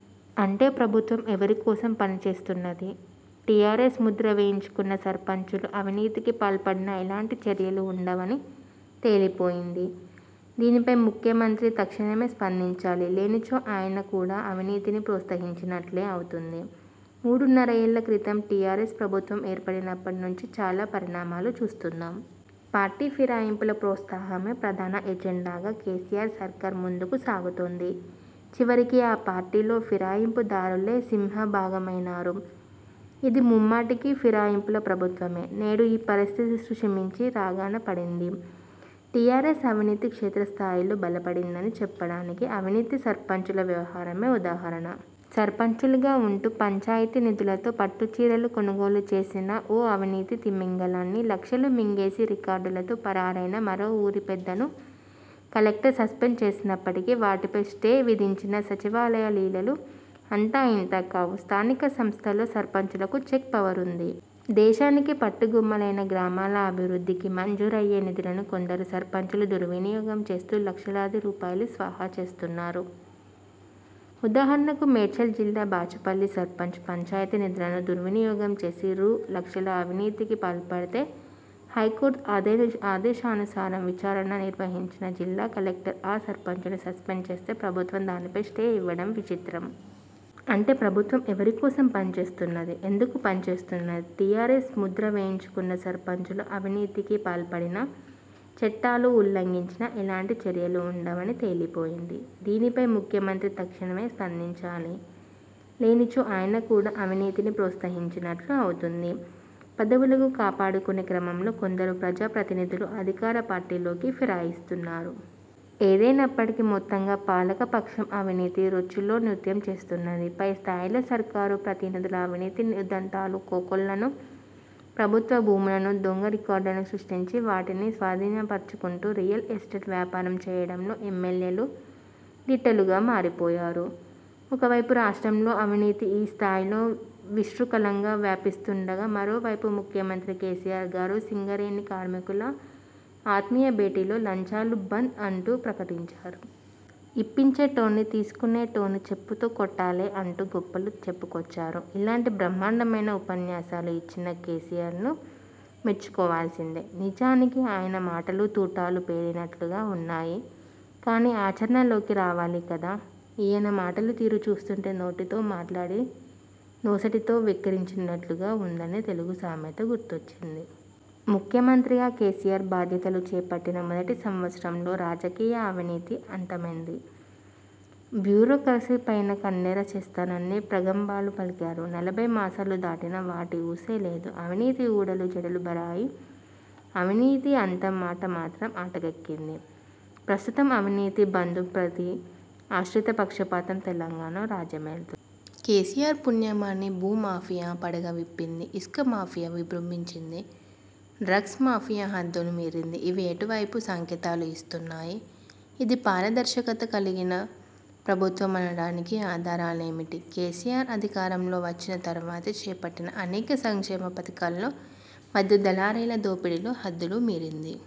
అంటే ప్రభుత్వం ఎవరి కోసం పనిచేస్తున్నది? టీఆర్ఎస్ ముద్ర వేయించుకున్న సర్పంచులు అవినీతికి పాల్పడినా ఎలాంటి చర్యలు వుండవని తేలిపోయింది. దీనిపై ముఖ్యమంత్రి తక్షణమే స్పందించాలి. లేనిచో ఆయన కూడా అవినీతిని ప్రోత్సహించినట్లు అవుతుంది. మూడున్నరేళ్ల్ల క్రితం టీఆర్ఎస్ ప్రభుత్వం ఏర్పడినప్పటి నుంచీ చాలా పరిణామాలు చూస్తున్నాం. పార్టీ ఫిరాయింపుల ప్రోత్సాహమే ప్రధాన ఎజెండాగా కేసీఆర్ సర్కార్ ముందుకు సాగుతోంది. చివరకి ఆ పార్టీలో ఫిరాయింపుదారులే సింహభాగమైనారు. ఇది ముమ్మాటికీ ఫిరాయింపుల ప్రభుత్వమే. నేడు ఈ పరిస్థితి శృతిమించి రాగాన పడింది. టీఆర్ఎస్ అవినీతి క్షేత్రస్థాయిలో బలపడిందని చెప్పడానికి అవినీతి సర్పంచుల వ్యవహారమే ఉదాహరణ. సర్పంచులుగా వుంటూ పంచాయతీ నిధులతో పట్టుచీరలు కొనుగోలు చేసిన ఓ అవినీతి తిమింగలాన్ని, లక్షలు మింగేసి రికార్డులతో పరారైన మరో ఊరి పెద్దను కలెక్టర్ సస్పెండ్ చేసినప్పటికీ వాటిపై స్టే విధించిన సచివాలయ లీలలు అంతా ఇంతా కావు. స్థానిక సంస్థల్లో సర్పంచులకు చెక్ పవర్ వుంది. దేశానికి పట్టుగొమ్మలైన గ్రామాల అభివృద్ధికి మంజూరయ్యే నిధులను కొందరు సర్పంచులు దుర్వినియోగం చేస్తూ లక్షలాది రూపాయలు స్వాహా చేస్తున్నారు. ఉదాహరణకు మేడ్చల్ జిల్లా బాచుపల్లి సర్పంచు పంచాయతీ నిధులను దుర్వినియోగం చేసి రూ. లక్షల అవినీతికి పాల్పడితే హైకోర్టు ఆదేశానుసారం విచారణ నిర్వహించిన జిల్లా కలెక్టర్ ఆ సర్పంచును సస్పెండ్ చేస్తే ప్రభుత్వం దానిపై స్టే ఇవ్వడం విచిత్రం. అంటే ప్రభుత్వం ఎవరి కోసం పనిచేస్తున్నది? ఎందుకు పనిచేస్తున్నది. టీఆర్ఎస్ ముద్ర వేయించుకున్న సర్పంచులు అవినీతికి పాల్పడినా, చట్టాలు ఉల్లంఘించినా ఎలాంటి చర్యలు వుండవని తేలిపోయింది. దీనిపై ముఖ్యమంత్రి తక్షణమే స్పందించాలి. లేనిచో ఆయన కూడా అవినీతిని ప్రోత్సహించినట్లు అవుతుంది. పదవులను కాపాడుకునే క్రమంలో కొందరు ప్రజాప్రతినిధులు అధికారపార్టీలోకి ఫిరాయిస్తున్నారు. ఏదేమైనప్పటికీ మొత్తంగా పాలకపక్షం అవినీతి రొచ్చులో నృత్యం చేస్తున్నది. పైస్థాయిలో సర్కారు ప్రతినిధుల అవినీతి ఉదంతాలు కోకొల్లలు. ప్రభుత్వ భూములకు దొంగరికార్డులు సృష్టించి వాటిని స్వాధీనపర్చుకుంటూ రియల్ ఎస్టేట్ వ్యాపారం చేయడంలో ఎమ్మెల్యేలు దిట్టలుగా మారిపోయారు. ఒకవైపు రాష్ట్రంలో అవినీతి ఈ స్థాయిలో విశృంఖలంగా వ్యాపిస్తుండగా మరోవైపు ముఖ్యమంత్రి కేసీఆర్ గారు సింగరేణి కార్మికుల ఆత్మీయ భేటీలో ''లంచాలు బంద్'' అంటూ ప్రకటించారు. 'ఇప్పించే టోన్ని, తీసుకునేటోన్ని చెప్పుతో కొట్టాలె' అంటూ గొప్పలు చెప్పుకొచ్చారు. ఇలాంటి బ్రహ్మాండమైన ఉపన్యాసాలు ఇచ్చిన కేసీఆర్ను మెచ్చుకోవాల్సిందే. నిజానికి ఆయన మాటలు తూటాలు పేలినట్లుగా వున్నాయి. కానీ ఆచరణలోకి రావాలి కదా! ఈయన మాటలు తీరు చూస్తుంటే ''నోటితో మాట్లాడి నొసటితో వెక్కిరించినట్లు''గా వుందనే తెలుగు సామెత గుర్తుకొస్తుంది. ముఖ్యమంత్రిగా కేసీఆర్ బాధ్యతలు చేపట్టిన మొదటి సంవత్సరంలో రాజకీయ అవినీతి అంతమైందని, బ్యూరోక్రసీపై కన్నెర్ర చేస్తానని ప్రగల్భాలు పలికారు. నలభై మాసాలు దాటినా వాటి ఊసే లేదు. అవినీతి ఊడలు జడలు బారాయి. అవినీతి అంతం మాట మాత్రం అటకెక్కింది. ప్రస్తుతం అవినీతి, బంధుప్రీతి, ఆశ్రిత పక్షపాతం తెలంగాణలో రాజ్యమేలుతోంది. కేసీఆర్ పుణ్యమాని భూ మాఫియా పడగ విప్పింది. ఇసుక మాఫియా విజృంభించింది. డ్రగ్స్ మాఫియా హద్దులు మీరింది. ఇవి ఎటు వైపు సంకేతాలు ఇస్తున్నాయి? ఇది పారదర్శకత కలిగిన ప్రభుత్వం అనడానికి ఆధారాలేమిటి? కేసీఆర్ అధికారంలోకి వచ్చిన తర్వాత చేపట్టిన అనేక సంక్షేమ పథకాల్లో మధ్య దళారీల దోపిడీ హద్దులు మీరింది.